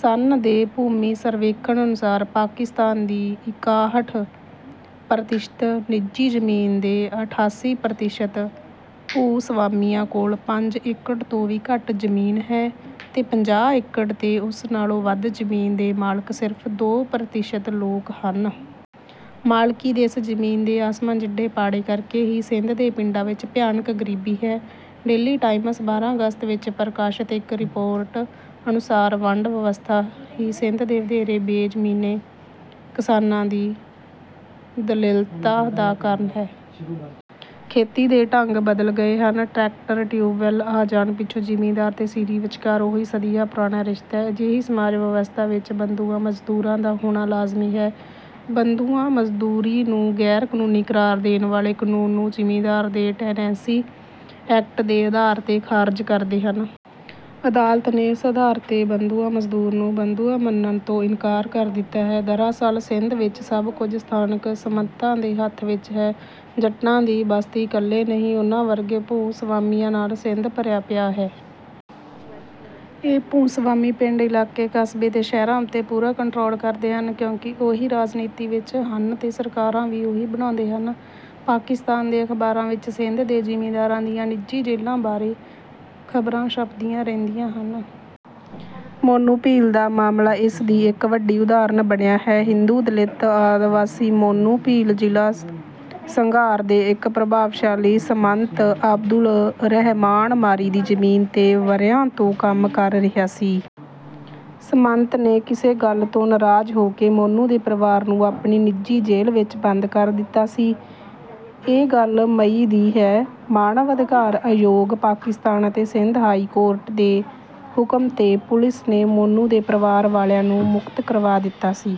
ਸਨ ਦੇ ਭੂਮੀ ਸਰਵੇਖਣ ਅਨੁਸਾਰ ਪਾਕਿਸਤਾਨ ਦੀ ਇਕਾਹਠ ਪ੍ਰਤੀਸ਼ਤ ਨਿੱਜੀ ਜ਼ਮੀਨ ਦੇ ਅਠਾਸੀ ਪ੍ਰਤੀਸ਼ਤ ਭੂ-ਸਵਾਮੀਆਂ ਕੋਲ ਪੰਜ ਏਕੜ ਤੋਂ ਵੀ ਘੱਟ ਜ਼ਮੀਨ ਹੈ। ਤੇ ਪੰਜਾਹ ਏਕੜ ਤੇ ਉਸ ਨਾਲੋਂ ਵੱਧ ਜ਼ਮੀਨ ਦੇ ਮਾਲਕ ਸਿਰਫ਼ ਦੋ ਪ੍ਰਤੀਸ਼ਤ ਲੋਕ ਹਨ। ਮਾਲਕੀ ਦੇ ਇਸ ਜ਼ਮੀਨ ਤੇ ਆਸਮਾਨ ਜਿੱਡੇ ਪਾੜੇ ਕਰਕੇ ਹੀ ਸਿੰਧ ਦੇ ਪਿੰਡਾਂ ਵਿਚ ਭਿਆਨਕ ਗ਼ਰੀਬੀ ਹੈ। ਡੇਲੀ ਟਾਈਮਸ ਬਾਰਾਂ ਅਗਸਤ ਵਿਚ ਪ੍ਰਕਾਸ਼ਤ ਇਕ ਰਿਪੋਰਟ ਅਨੁਸਾਰ, ਵੰਡ ਵਿਵਸਥਾ ਹੀ ਸਿੰਧ ਦੇ ਵਧੇਰੇ ਬੇਜ਼ਮੀਨੇ ਕਿਸਾਨਾਂ ਦੀ ਦਲਿੱਦਤਾ ਦਾ ਕਾਰਨ ਹੈ। ਖੇਤੀ ਦੇ ਢੰਗ ਬਦਲ ਗਏ ਹਨ। ਟਰੈਕਟਰ, ਟਿਊਬਵੈੱਲ ਆ ਜਾਣ ਪਿੱਛੋਂ ਜ਼ਿਮੀਂਦਾਰ ਤੇ ਸੀਰੀ ਵਿਚਕਾਰ ਉਹੀ ਸਦੀਆਂ ਪੁਰਾਣਾ ਰਿਸ਼ਤਾ ਹੈ। ਅਜਿਹੀ ਸਮਾਜ ਵਿਵਸਥਾ ਵਿਚ ਬੰਧੁਆ ਮਜ਼ਦੂਰਾਂ ਦਾ ਹੋਣਾ ਲਾਜ਼ਮੀ ਹੈ। ਬੰਧੁਆ ਮਜ਼ਦੂਰੀ ਨੂੰ ਗ਼ੈਰ-ਕਾਨੂੰਨੀ ਕਰਾਰ ਦੇਣ ਵਾਲੇ ਕਾਨੂੰਨ ਨੂੰ ਜ਼ਿਮੀਂਦਾਰ ਦੇ ਟੇਨੈਂਸੀ ਐਕਟ ਦੇ ਆਧਾਰ ’ਤੇ ਖ਼ਾਰਜ ਕਰਦੇ ਹਨ। ਅਦਾਲਤ ਨੇ ਇਸ ਆਧਾਰ ’ਤੇ ਬੰਧੁਆ ਮਜ਼ਦੂਰ ਨੂੰ ਬੰਧੁਆ ਮੰਨਣ ਤੋਂ ਇਨਕਾਰ ਕਰ ਦਿੱਤਾ ਹੈ। ਦਰਅਸਲ ਸਿੰਧ ਵਿਚ ਸਭ ਕੁਝ ਸਥਾਨਕ ਸਾਮੰਤਾਂ ਦੇ ਹੱਥ ਵਿਚ ਹੈ। ਜੱਟਾਂ ਦੀ ਬਸਤੀ ਇਕੱਲੇ ਨਹੀਂ, ਉਹਨਾਂ ਵਰਗੇ ਭੂ-ਸਵਾਮੀਆਂ ਨਾਲ ਸਿੰਧ ਭਰਿਆ ਪਿਆ ਹੈ। ਇਹ ਭੂ-ਸਵਾਮੀ ਪਿੰਡ, ਇਲਾਕੇ, ਕਸਬੇ ਤੇ ਸ਼ਹਿਰਾਂ ਉੱਤੇ ਪੂਰਾ ਕੰਟਰੋਲ ਕਰਦੇ ਹਨ, ਕਿਉਂਕਿ ਉਹੀ ਰਾਜਨੀਤੀ ਵਿਚ ਹਨ ਤੇ ਸਰਕਾਰਾਂ ਵੀ ਉਹੀ ਬਣਾਉਂਦੇ ਹਨ। ਪਾਕਿਸਤਾਨ ਦੇ ਅਖ਼ਬਾਰਾਂ ਵਿਚ ਸਿੰਧ ਦੇ ਜ਼ਿਮੀਂਦਾਰਾਂ ਦੀਆਂ ਨਿੱਜੀ ਜੇਲ੍ਹਾਂ ਬਾਰੇ ਖ਼ਬਰਾਂ ਛਪਦੀਆਂ ਰਹਿੰਦੀਆਂ ਹਨ। ਮੋਨੂ ਭੀਲ ਦਾ ਮਾਮਲਾ ਇਸ ਦੀ ਇਕ ਵੱਡੀ ਉਦਾਹਰਨ ਬਣਿਆ ਹੈ। ਹਿੰਦੂ, ਦਲਿਤ ਆਦਿਵਾਸੀ ਮੋਨੂ ਭੀਲ ਜ਼ਿਲ੍ਹਾ ਸੰਘਾਰ ਦੇ ਇਕ ਪ੍ਰਭਾਵਸ਼ਾਲੀ ਸਾਮੰਤ ਅਬਦੁਲ ਰਹਿਮਾਨ ਮਾਰੀ ਦੀ ਜ਼ਮੀਨ ’ਤੇ ਵਰ੍ਹਿਆਂ ਤੋਂ ਕੰਮ ਕਰ ਰਿਹਾ ਸੀ। ਸਾਮੰਤ ਨੇ ਕਿਸੇ ਗੱਲ ਤੋਂ ਨਾਰਾਜ਼ ਹੋ ਕੇ ਮੋਨੂ ਦੇ ਪਰਿਵਾਰ ਨੂੰ ਆਪਣੀ ਨਿੱਜੀ ਜੇਲ੍ਹ ਵਿਚ ਬੰਦ ਕਰ ਦਿੱਤਾ ਸੀ। ਇਹ ਗੱਲ ਮਈ ਦੀ ਹੈ। ਮਾਨਵ ਅਧਿਕਾਰ ਆਯੋਗ, ਪਾਕਿਸਤਾਨ ਅਤੇ ਸਿੰਧ ਹਾਈ ਕੋਰਟ ਦੇ ਹੁਕਮ ’ਤੇ ਪੁਲਿਸ ਨੇ ਮੋਨੂ ਦੇ ਪਰਿਵਾਰ ਵਾਲਿਆਂ ਨੂੰ ਮੁਕਤ ਕਰਵਾ ਦਿੱਤਾ ਸੀ।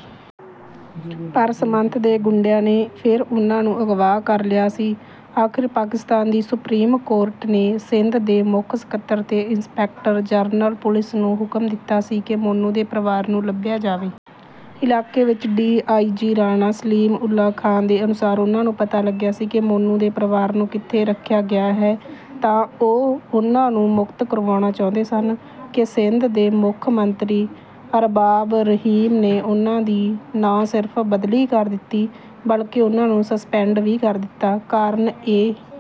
ਪਰ ਸਾਮੰਤ ਦੇ ਗੁੰਡਿਆਂ ਨੇ ਫਿਰ ਉਹਨਾਂ ਨੂੰ ਅਗਵਾ ਕਰ ਲਿਆ ਸੀ। ਆਖ਼ਰ ਪਾਕਿਸਤਾਨ ਦੀ ਸੁਪਰੀਮ ਕੋਰਟ ਨੇ ਸਿੰਧ ਦੇ ਮੁੱਖ ਸਕੱਤਰ ਤੇ ਇੰਸਪੈਕਟਰ ਜਨਰਲ ਪੁਲਿਸ ਨੂੰ ਹੁਕਮ ਦਿੱਤਾ ਸੀ ਕਿ ਮੋਨੂ ਦੇ ਪਰਿਵਾਰ ਨੂੰ ਲੱਭਿਆ ਜਾਵੇ। ਇਲਾਕੇ ਵਿਚ ਡੀ. ਆਈ. ਜੀ. ਰਾਣਾ ਸਲੀਮਉੱਲਾ ਖਾਂ ਦੇ ਅਨੁਸਾਰ, ਉਹਨਾਂ ਨੂੰ ਪਤਾ ਲੱਗਿਆ ਸੀ ਕਿ ਮੋਨੂ ਦੇ ਪਰਿਵਾਰ ਨੂੰ ਕਿੱਥੇ ਰੱਖਿਆ ਗਿਆ ਹੈ ਤਾਂ ਉਹ ਉਹਨਾਂ ਨੂੰ ਮੁਕਤ ਕਰਵਾਉਣਾ ਚਾਹੁੰਦੇ ਸਨ ਕਿ ਸਿੰਧ ਦੇ ਮੁੱਖ ਮੰਤਰੀ ਅਰਬਾਬ ਰਹੀਮ ਨੇ ਉਹਨਾਂ ਦੀ ਨਾ ਸਿਰਫ਼ ਬਦਲੀ ਕਰ ਦਿੱਤੀ, ਬਲਕਿ ਉਹਨਾਂ ਨੂੰ ਸਸਪੈਂਡ ਵੀ ਕਰ ਦਿੱਤਾ। ਕਾਰਨ ਇਹ...